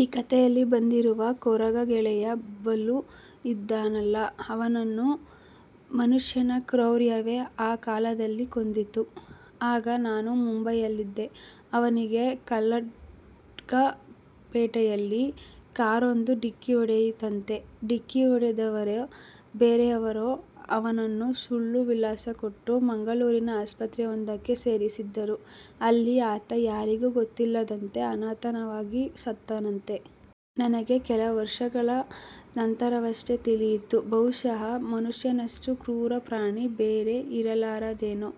ಈ ಕತೆಯಲ್ಲಿ ಬಂದಿರುವ ಕೊರಗ ಗೆಳೆಯ ಬಲ್ಲು ಇದ್ದಾನಲ್ಲ ಅವನನ್ನು ಮನುಷ್ಯನ ಕ್ರೌರ್ಯವೇ ಆ ಕಾಲದಲ್ಲಿ ಕೊಂದಿತು. ಆಗ ನಾನು ಮುಂಬೈಯಲ್ಲಿದ್ದೆ. ಅವನಿಗೆ ಕಲ್ಲಡ್ಕ ಪೇಟೆಯಲ್ಲಿ ಕಾರೊಂದು ಢಿಕ್ಕಿ ಹೊಡೆಯಿತಂತೆ. ಢಿಕ್ಕಿ ಹೊಡೆದವರೋ, ಬೇರೆಯವರೋ ಅವನನ್ನು ಸುಳ್ಳು ವಿಳಾಸ ಕೊಟ್ಟು ಮಂಗಳೂರಿನ ಆಸ್ಪತ್ರೆಯೊಂದಕ್ಕೆ ಸೇರಿಸಿದರು. ಅಲ್ಲಿ ಆತ ಯಾರಿಗೂ ಗೊತ್ತಿಲ್ಲದಂತೆ ಅನಾಥವಾಗಿ ಸತ್ತನಂತೆ. ನನಗೆ ಕೆಲವರ್ಷಗಳ ನಂತರವಷ್ಟೇ ತಿಳಿಯಿತು. ಬಹುಶಃ ಮನುಷ್ಯನಷ್ಟು ಕ್ರೂರ ಪ್ರಾಣಿ ಬೇರೆ ಇರಲಾರದೇನೋ.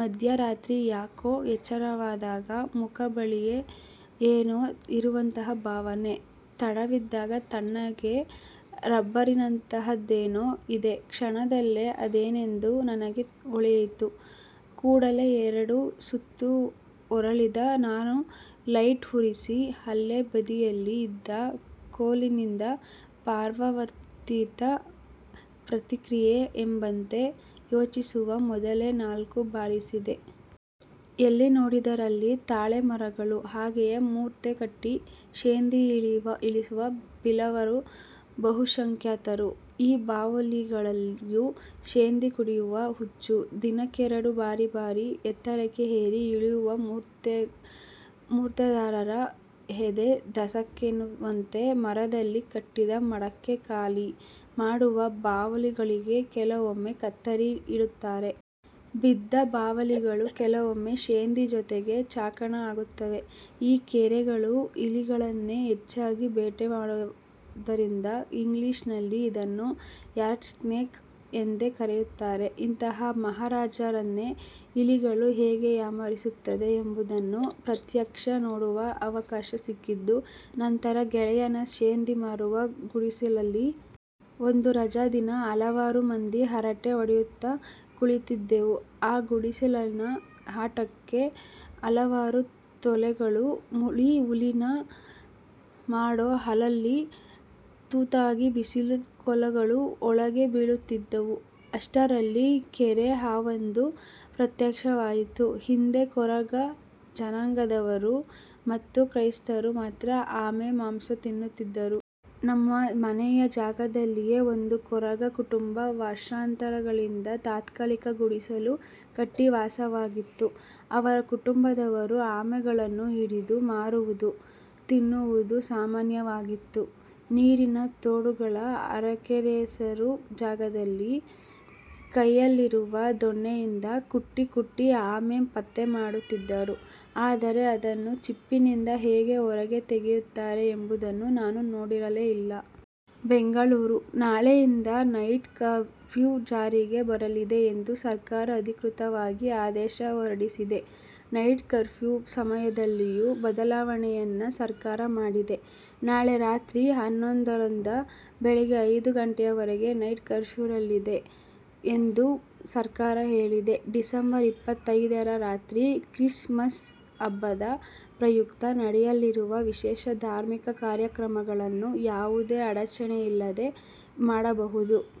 ಮಧ್ಯರಾತ್ರಿ ಏಕೋ ಎಚ್ಚರವಾದಾಗ ಮುಖದ ಬಳಿಯೇ ಏನೋ ಇರುವಂತಹ ಭಾವನೆ. ತಡವಿದಾಗ ತಣ್ಣಗೆ ರಬ್ಬರಿನಂತಹದ್ದೇನೋ ಇದೆ. ಕ್ಷಣದಲ್ಲೇ ಅದೇನೆಂದು ನನಗೆ ಹೊಳೆಯಿತು. ಕೂಡಲೇ ಎರಡು ಸುತ್ತು ಹೊರಳಿದ ನಾನು ಲೈಟ್ ಉರಿಸಿ, ಅಲ್ಲೇ ಬದಿಯಲ್ಲಿ ಇದ್ದ ಕೋಲಿನಿಂದ ಪರಾವರ್ತಿತ ಪ್ರತಿಕ್ರಿಯೆ ಎಂಬಂತೆ, ಯೋಚಿಸುವ ಮೊದಲೇ ನಾಲ್ಕು ಬಾರಿಸಿದೆ. ಎಲ್ಲಿ ನೋಡಿದರಲ್ಲಿ ತಾಳೆ ಮರಗಳು. ಹಾಗೆಯೇ ಮೂರ್ತೆ ಕಟ್ಟಿ ಶೇಂದಿ ಇಳಿಸುವ ಬಿಲ್ಲವರು ಬಹುಸಂಖ್ಯಾತರು. ಈ ಬಾವಲಿಗಳಿಗೂ ಶೇಂದಿ ಕುಡಿಯುವ ಹುಚ್ಚು ದಿನಕ್ಕೆರಡು ಬಾರಿ ಭಾರೀ ಎತ್ತರಕ್ಕೆ ಏರಿ ಇಳಿಯುವ ಮೂರ್ತೆದಾರರ ಎದೆ ಧಸಕ್ಕೆನ್ನುವಂತೆ ಮರದಲ್ಲಿ ಕಟ್ಟಿದ ಮಡಕೆ ಖಾಲಿ ಮಾಡುವ ಬಾವಲಿಗಳಿಗೆ ಕೆಲವೊಮ್ಮೆ ಕತ್ತರಿ ಇಡುತ್ತಾರೆ. ಬಿದ್ದ ಬಾವಲಿಗಳು ಕೆಲವೊಮ್ಮೆ ಶೇಂದಿ ಜೊತೆಗೆ ಚಾಕಣ ಆಗುತ್ತವೆ. ಈ ಕೇರೆಗಳು ಇಲಿಗಳನ್ನೇ ಹೆಚ್ಚಾಗಿ ಬೇಟೆಯಾಡುವುದರಿಂದ ಇಂಗ್ಲಿಷ್ ನಲ್ಲಿ ಇದನ್ನು 'ರ್ಯಾಟ್ ಸ್ನೇಕ್' ಎಂದೇ ಕರೆಯುತ್ತಾರೆ. ಇಂತಹ 'ಮಹಾರಾಜ'ರನ್ನೇ ಇಲಿಗಳು ಹೇಗೆ ಏಮಾರಿಸುತ್ತದೆ ಎಂಬುವುದನ್ನು ಪ್ರತ್ಯಕ್ಷ ನೋಡುವ ಅವಕಾಶ ಸಿಕ್ಕಿದ್ದು ನಂತರ ಗೆಳೆಯನ ಶೇಂದಿ ಮಾರುವ ಗುಡಿಸಲಲ್ಲಿ. ಒಂದು ರಜಾ ದಿನ ಹಲವಾರು ಮಂದಿ ಹರಟೆ ಹೊಡೆಯುತ್ತಾ ಕುಳಿತ್ತಿದ್ದೆವು. ಆ ಗುಡಿಸಲಿನ ಅಟ್ಟಕ್ಕೆ ಹಲವಾರು ತೊಲೆಗಳು. ಮುಳಿ ಹುಲ್ಲಿನ ಮಾಡೋ ಅಲ್ಲಲ್ಲಿ ತೂತಾಗಿ ಬಿಸಿಲು ಕೋಲುಗಳು ಒಳಗೆ ಬೀಳುತ್ತಿದ್ದವು. ಅಷ್ಟರಲ್ಲಿ ಕೇರೆ ಹಾವೊಂದು ಪ್ರತ್ಯಕ್ಷವಾಯಿತು!! ಹಿಂದೆ ಕೊರಗ ಜನಾಂಗದವರು ಮತ್ತು ಕ್ರೈಸ್ತರು ಮಾತ್ರ ಆಮೆ ಮಾಂಸ ತಿನ್ನುತ್ತಿದ್ದರು. ನಮ್ಮ ಮನೆಯ ಜಾಗದಲ್ಲಿಯೇ ಒಂದು ಕೊರಗ ಕುಟುಂಬ ವರ್ಷಾಂತರಗಳಿಂದ ತಾತ್ಕಾಲಿಕ ಗುಡಿಸಲು ಕಟ್ಟಿ ವಾಸವಾಗಿತ್ತು. ಅವರ ಕುಟುಂಬದವರು ಆಮೆಗಳನ್ನು ಹಿಡಿದು ಮಾರುವುದು, ತಿನ್ನುವುದು ಸಾಮಾನ್ಯವಾಗಿತ್ತು. ನೀರಿನ ತೋಡುಗಳ ಅರೆಕೆಸರು ಜಾಗದಲ್ಲಿ ಕೈಯಲ್ಲಿರುವ ದೊಣ್ಣೆಯಿಂದ ಕುಟ್ಟಿ ಕುಟ್ಟಿ ಆಮೆ ಪತ್ತೆ ಮಾಡುತ್ತಿದ್ದರು. ಆದರೆ ಅದನ್ನು ಚಿಪ್ಪಿನಿಂದ ಹೇಗೆ ಹೊರಗೆ ತೆಗೆಯುತ್ತಾರೆ ಎಂಬುದನ್ನು ನಾನು ನೋಡಿರಲೇ ಇಲ್ಲ. ಬೆಂಗಳೂರು: ನಾಳೆಯಿಂದ ನೈಟ್ ಕರ್ಪ್ಯೂ ಜಾರಿಗೆ ಬರಲಿದೆ ಎಂದು ಸರ್ಕಾರ ಅಧಿಕೃತವಾಗಿ ಆದೇಶ ಹೊರಡಿಸಿದೆ. ನೈಟ್ ಕರ್ಪ್ಯೂ ಸಮಯದಲ್ಲಿಯೂ ಬದಲಾವಣೆಯನ್ನ ಸರ್ಕಾರ ಮಾಡಿದೆ. ನಾಳೆ ರಾತ್ರಿ ಹನ್ನೊಂದರಿಂದ ಬೆಳಗ್ಗೆ ಐದು ಗಂಟೆವರೆಗೆ ನೈಟ್ ಕರ್ಪ್ಯೂ ಇರಲಿದೆ ಎಂದು ಸರ್ಕಾರ ಹೇಳಿದೆ. ಡಿಸಂಬರ್ ಇಪ್ಪತ್ತೈದರ ರಾತ್ರಿ ಕ್ರಿಸ್ ಮಸ್ ಹಬ್ಬದ ಪ್ರಯುಕ್ತ ನಡೆಯಲಿರುವ ವಿಶೇಷ ಧಾರ್ಮಿಕ ಕಾರ್ಯಕ್ರಮಗಳನ್ನು ಯಾವುದೇ ಅಡಚಣೆಯಿಲ್ಲದೆ ಮಾಡಬಹುದು.